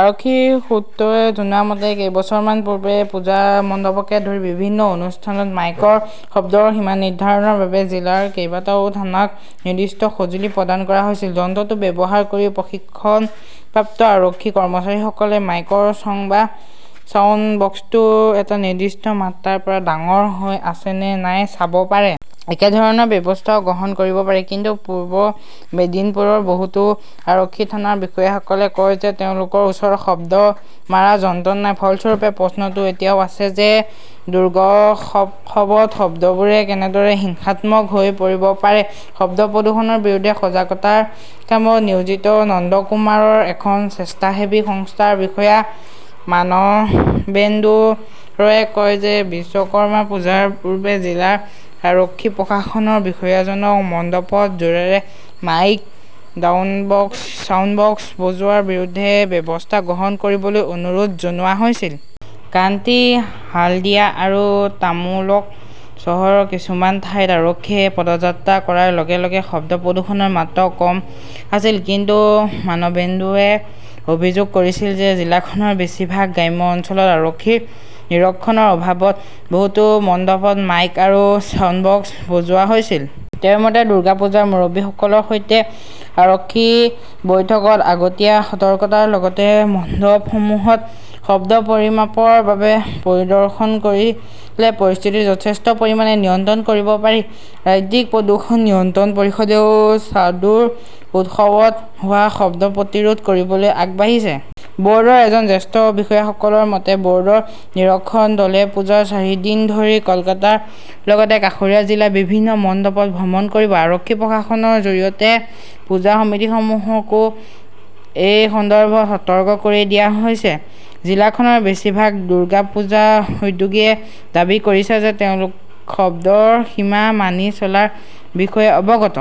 আৰক্ষীৰ সূত্ৰই জনোৱা মতে, কেইবছৰমান পূৰ্বে পূজা মণ্ডপকে ধৰি বিভিন্ন অনুষ্ঠানত মাইকৰ শব্দৰ সীমা নিৰ্ধাৰণৰ বাবে জিলাৰ কেইবাটাও থানাক নিৰ্দিষ্ট সঁজুলি প্ৰদান কৰা হৈছিল। যন্ত্ৰটো ব্যৱহাৰ কৰি প্ৰশিক্ষণপ্ৰাপ্ত আৰক্ষী-কৰ্মচাৰীসকলে মাইকৰ চঙ বা ছাউণ্ড-বক্সটো এটা নিৰ্দিষ্ট মাত্ৰাৰ পৰা ডাঙৰ হৈ আছে নে নাই চাব পাৰে। একেধৰণৰ ব্যৱস্থাও গ্ৰহণ কৰিব পাৰি। কিন্তু পূব মেদিনীপুৰৰ বহুতো আৰক্ষী থানাৰ বিষয়াসকলে কয় যে, তেওঁলোকৰ ওচৰত শব্দ মাৰা যন্ত্ৰ নাই। ফলস্বৰূপে প্ৰশ্নটো এতিয়াও আছে যে, দুৰ্গোৎসৱত শব্দবোৰে কেনেদৰে হিংসাত্মক হৈ পৰিব পাৰে? শব্দ প্ৰদূষণৰ বিৰুদ্ধে সজাগতাৰ কামত নিয়োজিত নন্দকুমাৰৰ এখন স্বেচ্ছাসেৱী সংস্থাৰ বিষয়া মানবেন্দু ৰয়ে কয় যে, বিশ্বকৰ্মা পূজাৰ পূৰ্বে জিলাৰ আৰক্ষী-প্ৰশাসনৰ বিষয়াজনক মণ্ডপত জোৰেৰে মাইক, ছাউণ্ডবক্স বজোৱাৰ বিৰুদ্ধে ব্যৱস্থা গ্ৰহণ কৰিবলৈ অনুৰোধ জনোৱা হৈছিল। কান্থী, হালদিয়া আৰু তাম্লুক চহৰৰ কিছুমান ঠাইত আৰক্ষীয়ে পদযাত্ৰা কৰাৰ লগে লগে শব্দ প্ৰদূষণৰ মাত্ৰাও কম আছিল। কিন্তু মানবেন্দুৱে অভিযোগ কৰিছিল যে, জিলাখনৰ বেছিভাগ গ্ৰাম্য অঞ্চলত আৰক্ষীৰ নিৰীক্ষণৰ অভাৱত বহুতো মণ্ডপত মাইক আৰু ছাউণ্ড-বক্স বজোৱা হৈছিল। তেওঁৰ মতে, "দুৰ্গা পূজাৰ মুৰব্বীসকলৰ সৈতে আৰক্ষী-বৈঠকত আগতীয়া সতৰ্কতাৰ লগতে মণ্ডপসমূহত শব্দ পৰিমাপৰ বাবে পৰিদৰ্শন কৰিলে পৰিস্থিতি যথেষ্ট পৰিমাণে নিয়ন্ত্ৰণ কৰিব পাৰি"। ৰাজ্যিক প্ৰদূষণ নিয়ন্ত্ৰণ পৰিষদেও চাৰ্ডো উৎসৱত হোৱা শব্দ প্ৰতিৰোধ কৰিবলৈ আগবাঢ়িছে। বৰ্ডৰ এজন জ্যেষ্ঠ বিষয়াসকলৰ মতে, বৰ্ডৰ নিৰীক্ষণ দলে পূজাৰ চাৰিদিন ধৰি কলকাতাৰ লগতে কাষৰীয়া জিলাৰ বিভিন্ন মণ্ডপত ভ্ৰমণ কৰিব। আৰক্ষী-প্ৰশাসনৰ জৰিয়তে পূজা সমিতিসমূহকো এই সন্দৰ্ভত সতৰ্ক কৰি দিয়া হৈছে। জিলাখনৰ বেছিভাগ দুৰ্গা পূজা উদ্যোগীয়ে দাবী কৰিছে যে, তেওঁলোক শব্দৰ সীমা মানি চলাৰ বিষয়ে অৱগত।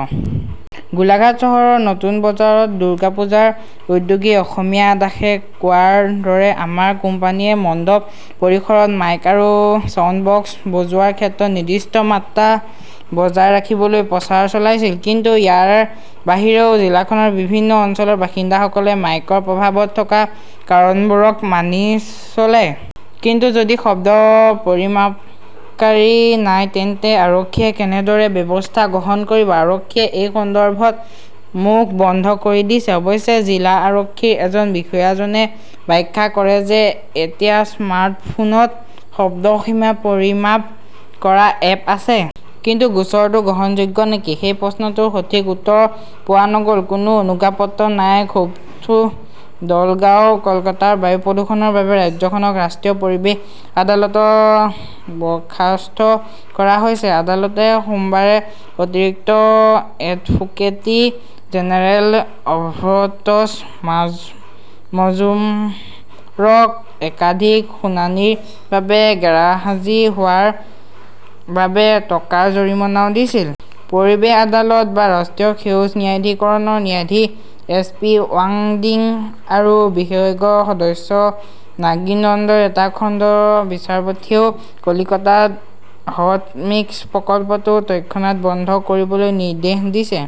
কোলাঘাট চহৰৰ নতুন বজাৰত দুৰ্গা পূজাৰ উদ্যোগী অসীম দাসে কোৱাৰ দৰে, "আমাৰ কোম্পানীয়ে মণ্ডপ পৰিসৰত মাইক আৰু ছাউণ্ড-বক্স বজোৱাৰ ক্ষেত্ৰত নিৰ্দিষ্ট মাত্ৰা বজাই ৰাখিবলৈ প্ৰচাৰ চলাইছিল"। কিন্তু ইয়াৰ বাহিৰেও, জিলাখনৰ বিভিন্ন অঞ্চলৰ বাসিন্দাসকলে মাইকৰ প্ৰভাৱত থকা কাৰণবোৰক মানি চলে। কিন্তু যদি শব্দ পৰিমাপকাৰী নাই, তেন্তে আৰক্ষীয়ে কেনেদৰে ব্যৱস্থা গ্ৰহণ কৰিব? আৰক্ষীয়ে এই সন্দৰ্ভত মুখ বন্ধ কৰি দিছে। অৱশ্যে, জিলা আৰক্ষীৰ এজন বিষয়াজনে ব্যাখ্যা কৰে যে, এতিয়া স্মাৰ্টফোনত শব্দ সীমা পৰিমাপ কৰা এপ আছে। কিন্তু গোচৰটো গ্ৰহণযোগ্য নেকি, সেই প্ৰশ্নটোৰ সঠিক উত্তৰ পোৱা নগল। কোনো অনুজ্ঞাপত্ৰ নাই, ক্ষুব্ধ দলগাঁও কলকাতাৰ বায়ু প্ৰদূষণৰ বাবে ৰাজ্যখনক ৰাষ্ট্ৰীয় পৰিৱেশ আদালতত বৰ্খাস্ত কৰা হৈছে। আদালতে সোমবাৰে অতিৰিক্ত এডভোকেট্ৰী জেনেৰেল অভ্ৰতছ মাজ্মুজ্জৰক একাধিক শুনানিৰ বাবে গেৰহাজী হোৱাৰ বাবে টকাৰ জৰিমনাও দিছিল। পৰিৱেশ আদালত বা ৰাষ্ট্ৰীয় সেউজ ন্যায়াধিকৰণৰ ন্যায়াধীশ এছ পি ৱাংদী আৰু বিশেষজ্ঞ সদস্য নাগিন নন্দৰ এটা খণ্ড বিচাৰপীঠেও কলকাতাত 'হট মিক্স "প্ৰকল্পটো তৎক্ষণাত বন্ধ কৰিবলৈ নিৰ্দেশ দিছে।